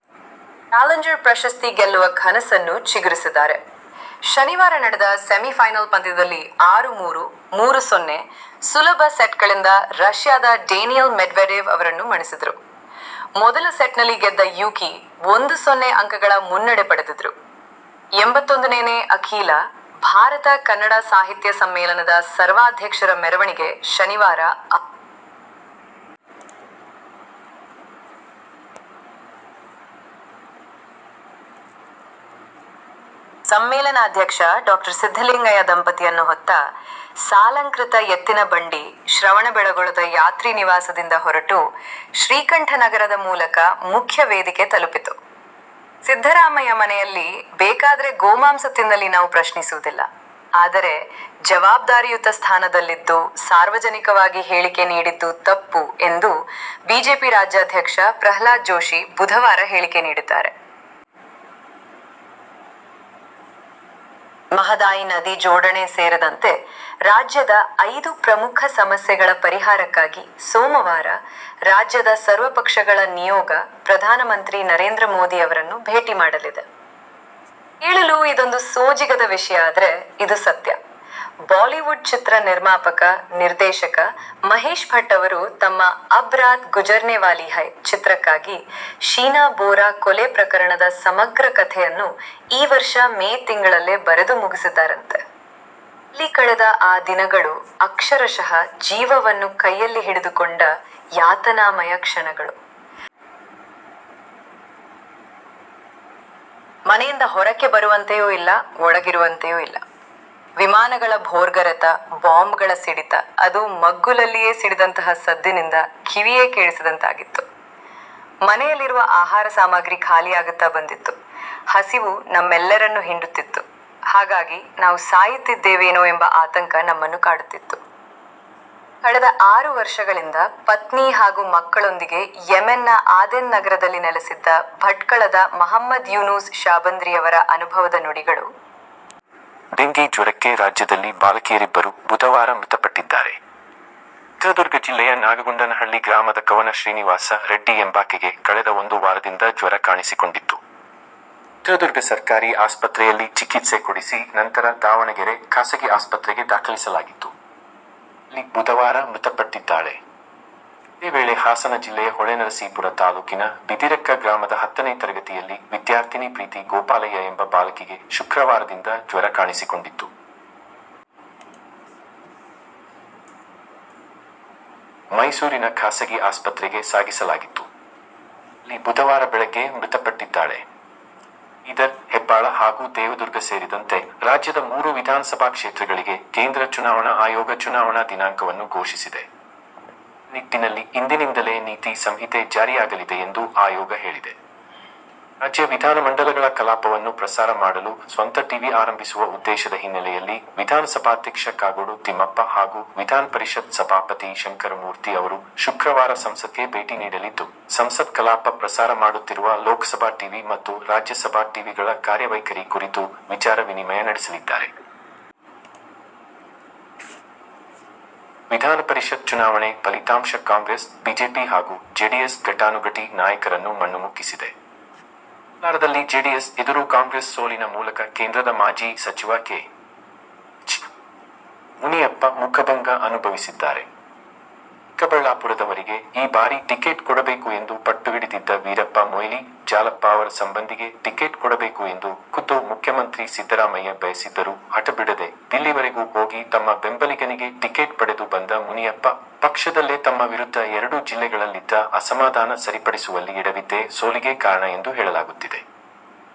ಇದರೊಂದಿಗೆ ಚಾಲೆಂಜರ್ ಪ್ರಶಸ್ತಿ ಗೆಲ್ಲುವ ಕನಸನ್ನು ಚಿಗುರಿಸಿದ್ದಾರೆ. ಶನಿವಾರ ನಡೆದ ಸೆಮಿಫೈನಲ್ ಪಂದ್ಯದಲ್ಲಿ ಆರು-ಮೂರು, ಮೂರು-ಸೊನ್ನೆ ಸುಲಭ ಸೆಟ್ಗಳಿಂದ ರಷ್ಯಾದ ಡೇನಿಯಲ್ ಮೆಡ್ವೆಡೇವ್ ಅವರನ್ನು ಮಣಿಸಿದರು. ಮೊದಲ ಸೆಟ್ನಲ್ಲಿ ಗೆದ್ದ ಯೂಕಿ ಒಂದು-ಸೊನ್ನೆ ಅಂಕಗಳ ಮುನ್ನಡೆ ಪಡೆದಿದ್ದರು. ಎಂಬತ್ತೊಂದನೇನೇ ಅಖೀಲ ಭಾರತ ಕನ್ನಡ ಸಾಹಿತ್ಯ ಸಮ್ಮೇಳನದ ಸರ್ವಾಧ್ಯಕ್ಷರ ಮೆರವಣಿಗೆ ಶನಿವಾರ ಅದ್ಧೂರಿಯಾಗಿ ಜರುಗಿತು. ಸಮ್ಮೇಳನಾಧ್ಯಕ್ಷ ಡಾ ಸಿದ್ಧಲಿಂಗಯ್ಯ ದಂಪತಿಯನ್ನು ಹೊತ್ತ ಸಾಲಂಕೃತ ಎತ್ತಿನ ಬಂಡಿ ಶ್ರವಣಬೆಳಗೊಳದ ಯಾತ್ರಿ ನಿವಾಸದಿಂದ ಹೊರಟು ಶ್ರೀಕಂಠ ನಗರದ ಮೂಲಕ ಮುಖ್ಯ ವೇದಿಕೆ ತಲುಪಿತು. ಸಿದ್ಧರಾಮಯ್ಯ ಮನೆಯಲ್ಲಿ ಬೇಕಾದರೆ ಗೋಮಾಂಸ ತಿನ್ನಲಿ ನಾವು ಪ್ರಶ್ನಿಸುವುದಿಲ್ಲಆದರೆ ಜವಾಬ್ದಾರಿಯುತ ಸ್ಥಾನದಲ್ಲಿದ್ದು ಸಾರ್ವಜನಿಕವಾಗಿ ಹೇಳಿಕೆ ನೀಡಿದ್ದು ತಪ್ಪು ಎಂದು ಬಿಜೆಪಿ ರಾಜ್ಯಾಧ್ಯಕ್ಷ ಪ್ರಹ್ಲಾದ್ ಜೋಷಿ ಬುಧವಾರ ಹೇಳಿಕೆ ನೀಡಿದ್ದಾರೆ. ಮಹದಾಯಿ ನದಿ ಜೋಡಣೆ ಸೇರಿದಂತೆ ರಾಜ್ಯದ ಐದು ಪ್ರಮುಖ ಸಮಸ್ಯೆಗಳ ಪರಿಹಾರಕ್ಕಾಗಿ ಸೋಮವಾರ ರಾಜ್ಯದ ಸರ್ವಪಕ್ಷಗಳ ನಿಯೋಗ ಪ್ರಧಾನಮಂತ್ರಿ ನರೇಂದ್ರ ಮೋದಿ ಅವರನ್ನು ಭೇಟಿ ಮಾಡಲಿದೆ. ಕೇಳಲು ಇದೊಂದು ಸೋಜಿಗದ ವಿಷಯ ಆದರೆ ಇದು ಸತ್ಯ ಬಾಲಿವುಡ್ ಚಿತ್ರ ನಿರ್ಮಾಪಕ, ನಿರ್ದೇಶಕ ಮಹೇಶ್ ಭಟ್ ಅವರು ತಮ್ಮ "ಅಬ್ ರಾತ್ ಗುಜರ್ನೆವಾಲೀ ಹೈ' ಚಿತ್ರಕ್ಕಾಗಿ ಶೀನಾ ಬೋರಾ ಕೊಲೆ ಪ್ರಕರಣದ ಸಮಗ್ರ ಕಥೆಯನ್ನು ಈ ವರ್ಷ ಮೇ ತಿಂಗಳಲ್ಲೇ ಬರೆದು ಮುಗಿಸಿದ್ದಾರಂತೆ ಅಲ್ಲಿ ಕಳೆದ ಆ ದಿನಗಳು ಅಕ್ಷರಶಃ ಜೀವವನ್ನು ಕೈಯಲ್ಲಿ ಹಿಡಿದು ಕೊಂಡ ಯಾತನಾಮಯ ಕ್ಷಣಗಳು. ಮನೆಯಿಂದ ಹೊರಕ್ಕೆ ಬರುವಂತೆಯೂ ಇಲ್ಲ, ಒಳಗೆ ಇರುವಂತೆಯೂ ಇಲ್ಲ. ವಿಮಾನಗಳ ಭೋರ್ಗರೆತ, ಬಾಂಬ್ಗಳ ಸಿಡಿತ, ಅದೂ ಮಗ್ಗುಲಲ್ಲಿಯೇ ಸಿಡಿದಂತಹ ಸದ್ದಿನಿಂದ ಕಿವಿಯೇ ಕೇಳಿಸದಂತಾಗಿತ್ತು. ಮನೆಯಲ್ಲಿರುವ ಆಹಾರ ಸಾಮಗ್ರಿ ಖಾಲಿಯಾಗುತ್ತಾ ಬಂದಿತ್ತು. ಹಸಿವು ನಮ್ಮೆಲ್ಲರನ್ನು ಹಿಂಡುತ್ತಿತ್ತು. ಹಾಗಾಗಿ, ನಾವು ಸಾಯುತ್ತಿದ್ದೇವೇನೋ ಎಂಬ ಆತಂಕ ನಮ್ಮನ್ನು ಕಾಡುತ್ತಿತ್ತು'. ಕಳೆದ ಆರು ವರ್ಷಗಳಿಂದ ಪತ್ನಿ ಹಾಗೂ ಮಕ್ಕಳೊಂದಿಗೆ ಯೆಮೆನ್ನ ಆದೆನ್ ನಗರದಲ್ಲಿ ನೆಲೆಸಿದ್ದ ಭಟ್ಕಳದ ಮಹಮ್ಮದ್ ಯೂನೂಸ್ ಶಾಬಂದ್ರಿ ಅವರ ಅನುಭವದ ನುಡಿಗಳು. ಡೆಂಘೀ ಜ್ವರಕ್ಕೆ ರಾಜ್ಯದಲ್ಲಿ ಬಾಲಕಿಯರಿಬ್ಬರು ಬುಧವಾರ ಮೃತಪಟ್ಟಿದ್ದಾರೆ. ಚಿತ್ರದುರ್ಗ ಜಿಲ್ಲೆಯ ನಾಗಗೊಂಡನಹಳ್ಳಿ ಗ್ರಾಮದ ಕವನ ಶ್ರೀನಿವಾಸ ರೆಡ್ಡಿ ಎಂಬಾಕೆಗೆ ಕಳೆದ ಒಂದು ವಾರದಿಂದ ಜ್ವರ ಕಾಣಿಸಿಕೊಂಡಿತ್ತು. ಚಿತ್ರದುರ್ಗ ಸರ್ಕಾರಿ ಆಸ್ಪತ್ರೆಯಲ್ಲಿ ಚಿಕಿತ್ಸೆ ಕೊಡಿಸಿ ನಂತರ ದಾವಣಗೆರೆ ಖಾಸಗಿ ಆಸ್ಪತ್ರೆಗೆ ದಾಖಲಿಸಲಾಗಿತ್ತು. ಅಲ್ಲಿ ಬುಧವಾರ ಮೃತಪಟ್ಟಿದ್ದಾಳೆ. ಇದೇ ವೇಳೆ ಹಾಸನ ಜಿಲ್ಲೆಯ ಹೊಳೆನರಸೀಪುರ ತಾಲೂಕಿನ ಬಿದಿರಕ್ಕ ಗ್ರಾಮದ ಹತ್ತನೇ ತರಗತಿಯಲ್ಲಿ ವಿದ್ಯಾರ್ಥಿನಿ ಪ್ರೀತಿ ಗೋಪಾಲಯ್ಯ ಎಂಬ ಬಾಲಕಿಗೆ ಶುಕ್ರವಾರದಿಂದ ಜ್ವರ ಕಾಣಿಸಿಕೊಂಡಿತ್ತು. ಮೈಸೂರಿನ ಖಾಸಗಿ ಆಸ್ಪತ್ರೆಗೆ ಸಾಗಿಸಲಾಗಿತ್ತು. ಅಲ್ಲಿ ಬುಧವಾರ ಬೆಳಗ್ಗೆ ಮೃತಪಟ್ಟಿದ್ದಾಳೆ. ಬೀದರ್, ಹೆಬ್ಬಾಳ ಹಾಗೂ ದೇವದುರ್ಗ ಸೇರಿದಂತೆ ರಾಜ್ಯದ ಮೂರು ವಿಧಾನಸಭಾ ಕ್ಷೇತ್ರಗಳಿಗೆ ಕೇಂದ್ರ ಚುನಾವಣಾ ಆಯೋಗ ಚುನಾವಣಾ ದಿನಾಂಕವನ್ನು ಘೋಷಿಸಿದೆ. ಆ ನಿಟ್ಟಿನಲ್ಲಿ ಇಂದಿನಿಂದಲೇ ನೀತಿ ಸಂಹಿತೆ ಜಾರಿಯಾಗಲಿದೆ ಎಂದು ಆಯೋಗ ಹೇಳಿದೆ. ರಾಜ್ಯ ವಿಧಾನಮಂಡಲಗಳ ಕಲಾಪವನ್ನು ಪ್ರಸಾರ ಮಾಡಲು ಸ್ವಂತ ಟಿವಿ ಆರಂಭಿಸುವ ಉದ್ದೇಶದ ಹಿನ್ನೆಲೆಯಲ್ಲಿ ವಿಧಾನಸಭಾಧ್ಯಕ್ಷ ಕಾಗೋಡು ತಿಮ್ಮಪ್ಪ ಹಾಗೂ ವಿಧಾನಪರಿಷತ್ ಸಭಾಪತಿ ಶಂಕರಮೂರ್ತಿ ಅವರು ಶುಕ್ರವಾರ ಸಂಸತ್ಗೆ ಭೇಟಿ ನೀಡಲಿದ್ದು, ಸಂಸತ್ ಕಲಾಪ ಪ್ರಸಾರ ಮಾಡುತ್ತಿರುವ ಲೋಕಸಭಾ ಟಿವಿ ಮತ್ತು ರಾಜ್ಯಸಭಾ ಟಿವಿಗಳ ಕಾರ್ಯವೈಖರಿ ಕುರಿತು ವಿಚಾರ ವಿನಿಮಯ ನಡೆಸಲಿದ್ದಾರೆ. ವಿಧಾನಪರಿಷತ್ ಚುನಾವಣೆ ಫಲಿತಾಂಶ ಕಾಂಗ್ರೆಸ್, ಬಿಜೆಪಿ ಹಾಗೂ ಜೆಡಿಎಸ್ ಘಟಾನುಘಟಿ ನಾಯಕರನ್ನು ಮಣ್ಣುಮುಕ್ಕಿಸಿದೆ. ಕೋಲಾರದಲ್ಲಿ ಜೆಡಿಎಸ್ ಎದುರು ಕಾಂಗ್ರೆಸ್ ಸೋಲಿನ ಮೂಲಕ ಕೇಂದ್ರದ ಮಾಜಿ ಸಚಿವ ಕೆ. ಎಚ್. ಮುನಿಯಪ್ಪ ಮುಖಭಂಗ ಅನುಭವಿಸಿದ್ದಾರೆ. ಚಿಕ್ಕಬಳ್ಳಾಪುರದವರಿಗೆ ಈ ಬಾರಿ ಟಿಕೆಟ್ ಕೊಡಬೇಕು ಎಂದು ಪಟ್ಟುಹಿಡಿದಿದ್ದ ವೀರಪ್ಪ ಮೊಯಿಲಿ, ಜಾಲಪ್ಪ ಅವರ ಸಂಬಂಧಿಗೆ ಟಿಕೆಟ್ ಕೊಡಬೇಕು ಎಂದು ಖುದ್ದು ಮುಖ್ಯಮಂತ್ರಿ ಸಿದ್ದರಾಮಯ್ಯ ಬಯಸಿದ್ದರೂ ಹಠ ಬಿಡದೆ ದಿಲ್ಲಿವರೆಗೂ ಹೋಗಿ ತಮ್ಮ ಬೆಂಬಲಿಗನಿಗೆ ಟಿಕೆಟ್ ಪಡೆದು ಬಂದ ಮುನಿಯಪ್ಪ, ಪಕ್ಷದಲ್ಲೇ ತಮ್ಮ ವಿರುದ್ಧ ಎರಡೂ ಜಿಲ್ಲೆಗಳಲ್ಲಿದ್ದ ಅಸಮಾಧಾನ ಸರಿಪಡಿಸುವಲ್ಲಿ ಎಡವಿದ್ದೇ ಸೋಲಿಗೆ ಕಾರಣ ಎಂದು ಹೇಳಲಾಗುತ್ತಿದೆ.